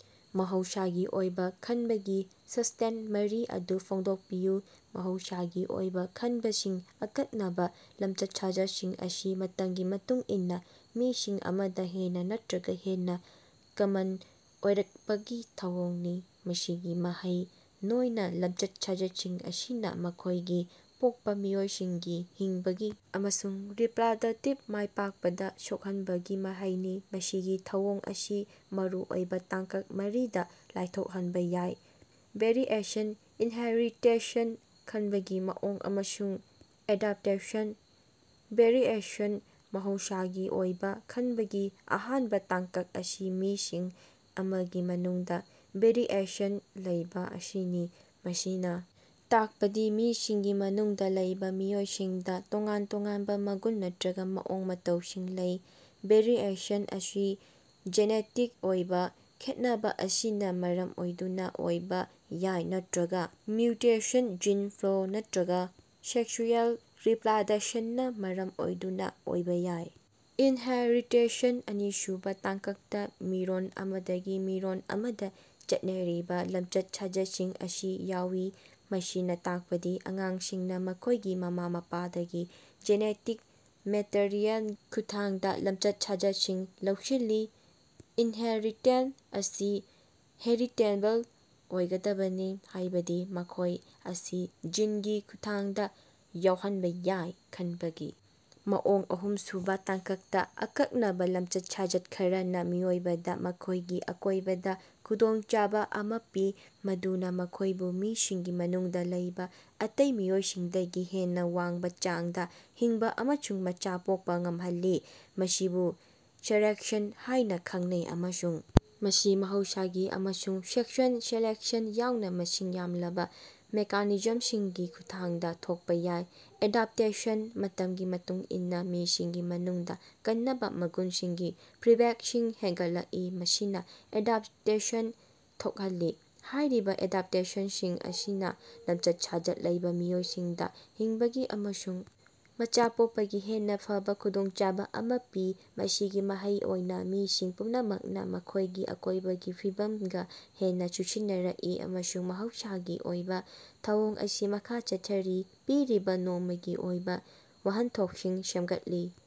‎ꯃꯍꯧꯁꯥꯒꯤ ꯑꯣꯏꯕ ꯈꯅꯕꯒꯤ ꯁꯥꯁꯇꯥꯏꯟ ꯃꯔꯤ ꯑꯗꯨ ꯐꯣꯡꯗꯣꯀꯄꯤꯌꯨ꯫ ꯃꯍꯧꯁꯥꯒꯤ ꯑꯣꯏꯕꯥ ꯈꯅꯕꯁꯤ ꯑꯀꯛꯅꯕꯥ ꯂꯃꯆꯠ-ꯁꯥꯖꯠꯁꯤꯡ ꯑꯁꯤ ꯃꯇꯃꯒꯤ ꯃꯇꯨꯡ ꯏꯟꯅꯥ ꯃꯤꯁꯤꯡ ꯑꯃꯗꯥ ꯍꯦꯟꯅꯥ ꯅꯠꯇ꯭ꯔꯒꯥ ꯍꯦꯟꯅꯥ ꯀꯃꯟ ꯑꯣꯏꯔꯀꯄꯒꯤ ꯊꯧꯑꯣꯡꯅꯤ, ꯃꯁꯤꯒꯤ ꯃꯍꯩ ꯑꯣꯏꯅꯥ ꯂꯃꯆꯠ-ꯁꯥꯖꯠꯁꯤꯡ ꯑꯁꯤꯅꯥ ꯃꯈꯣꯏꯒꯤ ꯄꯣꯛꯄꯥ ꯃꯤꯑꯣꯏꯁꯤꯡꯒꯤ ꯍꯤꯡꯕꯒꯤ ꯑꯃꯁꯨꯡ ꯔꯤꯄ꯭ꯔꯗꯛꯇꯤꯚ ꯃꯥꯏꯄꯥꯛꯄꯗ ꯁꯣꯛꯍꯟꯕꯒꯤ ꯃꯍꯩꯅꯤ꯫ ꯃꯁꯤꯒꯤ ꯊꯧꯑꯣꯡ ꯑꯁꯤ ꯃꯔꯨꯑꯣꯏꯕꯥ ꯇꯥꯡꯀꯛ ꯃꯔꯤꯗꯥ ꯂꯥꯏꯊꯣꯛꯍꯟꯕꯥ ꯌꯥꯏ: ꯚꯦꯔꯤꯑꯦꯁꯟ, ꯏꯟꯍꯦꯔꯤꯇꯦꯁꯟ, ꯈꯟꯕꯒꯤ ꯃꯑꯣꯡ ꯑꯃꯁꯨꯡ ꯑꯦꯗꯞꯇꯦꯁꯟ꯫ ꯚꯦꯔꯤꯑꯦꯁꯟ: ꯃꯍꯧꯁꯥꯒꯤ ꯑꯣꯏꯕꯥ ꯈꯅꯕꯒꯤ ꯑꯍꯥꯟꯕꯥ ꯇꯥꯡꯀꯛ ꯑꯁꯤ ꯃꯤꯁꯤꯡ ꯑꯃꯒꯤ ꯃꯅꯨꯡꯗꯥ ꯚꯦꯔꯤꯑꯦꯁꯟ ꯂꯩꯕꯥ ꯑꯁꯤꯅꯤ꯫ ꯃꯁꯤꯅꯥ ꯇꯥꯛꯄꯗꯤ ꯃꯤꯁꯤꯡꯒꯤ ꯃꯅꯨꯡꯗꯥ ꯂꯩꯕꯥ ꯃꯤꯑꯣꯏꯁꯤꯡꯗꯥ ꯇꯣꯉꯥꯟ-ꯇꯣꯉꯥꯟꯕꯥ ꯃꯒꯨꯟ ꯅꯠꯇ꯭ꯔꯒꯥ ꯃꯑꯣꯡ - ꯃꯇꯧꯁꯤꯡ ꯂꯩ꯫ ꯚꯦꯔꯤꯑꯦꯁꯟ ꯑꯁꯤ ꯖꯦꯅꯦꯇꯤꯛ ꯑꯣꯏꯕꯥ ꯈꯦꯠꯅꯕꯥ ꯑꯁꯤꯅꯥ ꯃꯔꯝ ꯑꯣꯏꯗꯨꯅꯥ ꯑꯣꯏꯕꯥ ꯌꯥꯏ ꯅꯠꯇ꯭ꯔꯒꯥ ꯃ꯭ꯌꯨꯇꯦꯁꯟ ꯖꯤꯟ ꯐ꯭ꯂꯣ ꯅꯠꯇ꯭ꯔꯒꯥ ꯁꯦꯛꯁꯨꯑꯦꯜ ꯔꯤꯄ꯭ꯔꯗꯛꯁꯟꯅꯥ ꯃꯔꯝ ꯑꯣꯏꯗꯨꯅꯥ ꯑꯣꯏꯕꯥ ꯌꯥꯏ꯫ ꯏꯟꯍꯦꯔꯤꯇꯦꯁꯟ: ꯑꯅꯤꯁꯨꯕꯥ ꯇꯥꯡꯀꯛꯇꯥ ꯃꯤꯔꯣꯜ ꯑꯃꯗꯒꯤ ꯃꯤꯔꯣꯜ ꯑꯃꯗꯥ ꯆꯠꯅꯔꯤꯕꯥ ꯂꯝꯆꯠ-ꯁꯥꯖꯠꯁꯤꯡ ꯑꯁꯤ ꯌꯥꯎꯏ꯫ ꯃꯁꯤꯅꯥ ꯇꯥꯛꯄꯗꯤ ꯑꯉꯥꯡꯁꯤꯡꯅꯥ ꯃꯈꯣꯏꯒꯤ ꯃꯃꯥ-ꯃꯄꯥꯗꯒꯤ ꯖꯦꯅꯦꯇꯤꯛ ꯃꯦꯇꯔꯤꯑꯦꯜꯒꯤ ꯈꯨꯠꯊꯥꯡꯗꯥ ꯂꯝꯆꯠ-ꯁꯥꯖꯠꯁꯤꯡ ꯂꯧꯁꯤꯜꯂꯤ꯫ ꯏꯅꯍꯦꯔꯤꯇꯦꯟ ꯑꯁꯤ ꯍꯦꯔꯤꯇꯦꯕꯜ ꯑꯣꯏꯒꯗꯕꯅꯤ ꯍꯥꯏꯕꯗꯤ ꯃꯈꯣꯏ ꯑꯁꯤ ꯖꯤꯟꯒꯤ ꯈꯨꯠꯊꯥꯡꯗꯥ ꯌꯧꯍꯟꯕꯥ ꯌꯥꯏ꯫ ꯈꯟꯕꯒꯤ ‎ ꯃꯑꯣꯡ: ꯑꯍꯨꯝꯁꯨꯕꯥ ꯇꯥꯡꯀꯛꯇꯥ ꯑꯀꯛꯅꯕꯥ ꯂꯃꯆꯠ-ꯁꯥꯖꯠ ꯈꯔꯅꯥ ꯃꯤꯑꯣꯏꯕꯗꯥ ꯃꯈꯣꯏꯒꯤ ꯑꯀꯣꯏꯕꯗꯥ ꯈꯨꯗꯣꯡꯆꯥꯕꯥ ꯑꯃꯥ ꯄꯤ, ꯃꯗꯨꯅꯥ ꯃꯈꯣꯏꯕꯨ ꯃꯤꯁꯤꯡꯒꯤ ꯃꯅꯨꯡꯗꯥ ꯂꯩꯕꯥ ꯑꯇꯩ ꯃꯤꯑꯣꯏꯁꯤꯡꯗꯒꯤ ꯍꯦꯟꯅꯥ ꯋꯥꯡꯕꯥ ꯆꯥꯡꯗꯥ ꯍꯤꯡꯕꯥ ꯑꯃꯁꯨꯡ ꯃꯆꯥ ꯄꯣꯛꯄꯥ ꯉꯝꯍꯜꯂꯤ꯫ ꯃꯁꯤꯕꯨ ꯁꯦꯂꯦꯛꯁꯟ ꯍꯥꯌꯅꯥ ꯈꯪꯅꯩ, ꯑꯃꯁꯨꯡ ꯃꯁꯤ ꯃꯍꯧꯁꯥꯒꯤ ꯑꯃꯁꯨꯡ ꯁꯦꯛꯆ꯭ꯋꯦꯜ ꯁꯦꯂꯦꯛꯁꯟ ꯌꯥꯎꯅꯥ ꯃꯁꯤꯡ ꯌꯥꯝꯂꯕꯥ ꯃꯦꯀꯥꯅꯤꯖꯝꯁꯤꯡꯒꯤ ꯈꯨꯠꯊꯥꯡꯗꯥ ꯊꯣꯛꯄꯥ ꯌꯥꯏ꯫ ꯑꯦꯗꯥꯞꯇꯦꯁꯟ: ꯃꯇꯝꯒꯤ ꯃꯇꯨꯡ ꯏꯟꯅꯥ, ꯃꯤꯁꯤꯡꯒꯤ ꯃꯅꯨꯡꯗꯥ ꯀꯟꯅꯕꯥ ꯃꯒꯨꯟꯁꯤꯡꯒꯤ ꯐ꯭ꯔꯤꯛꯕꯦꯟꯁꯤꯟ ꯍꯦꯟꯒꯠꯂꯛꯏ ꯃꯁꯤꯅꯥ ꯑꯦꯗꯞꯇꯦꯁꯟ ꯊꯣꯛꯍꯜꯂꯤ꯫ ꯍꯥꯏꯔꯤꯕꯥ ꯑꯦꯗꯞꯇꯦꯁꯟꯁꯤꯡ ꯑꯁꯤꯅꯥ ꯂꯃꯆꯠ-ꯁꯥꯖꯠ ꯂꯩꯕꯥ ꯃꯤꯑꯣꯏꯁꯤꯡꯗꯥ ꯍꯤꯡꯕꯒꯤ ꯑꯃꯁꯨꯡ ꯃꯆꯥ ꯄꯣꯛꯄꯒꯤ ꯍꯦꯟꯅꯥ ꯐꯕꯥ ꯈꯨꯗꯣꯡꯆꯥꯕꯥ ꯑꯃꯥ ꯄꯤ꯫ ꯃꯁꯤꯒꯤ ꯃꯍꯩ ꯑꯣꯏꯅꯥ ꯃꯤꯁꯤꯡ ꯄꯨꯝꯅꯃꯛꯅꯥ ꯃꯈꯣꯏꯒꯤ ꯑꯀꯣꯏꯕꯒꯤ ꯐꯤꯕꯃꯒꯥ ꯍꯦꯟꯅꯥ ꯆꯨꯁꯤꯟꯅꯔꯛꯏ ꯑꯃꯁꯨꯡ ꯃꯍꯧꯁꯥꯒꯤ ꯑꯣꯏꯕꯥ ꯊꯧꯑꯣꯡ ꯑꯁꯤ ꯃꯈꯥ ꯆꯠꯊꯔꯤ꯫ ꯄꯤꯔꯤꯕꯥ ꯅꯣꯡꯃꯒꯤ ꯑꯣꯏꯕꯥ ꯋꯥꯍꯟꯊꯣꯛꯁꯤꯡ ꯁꯦꯝꯒꯠꯂꯤ꯫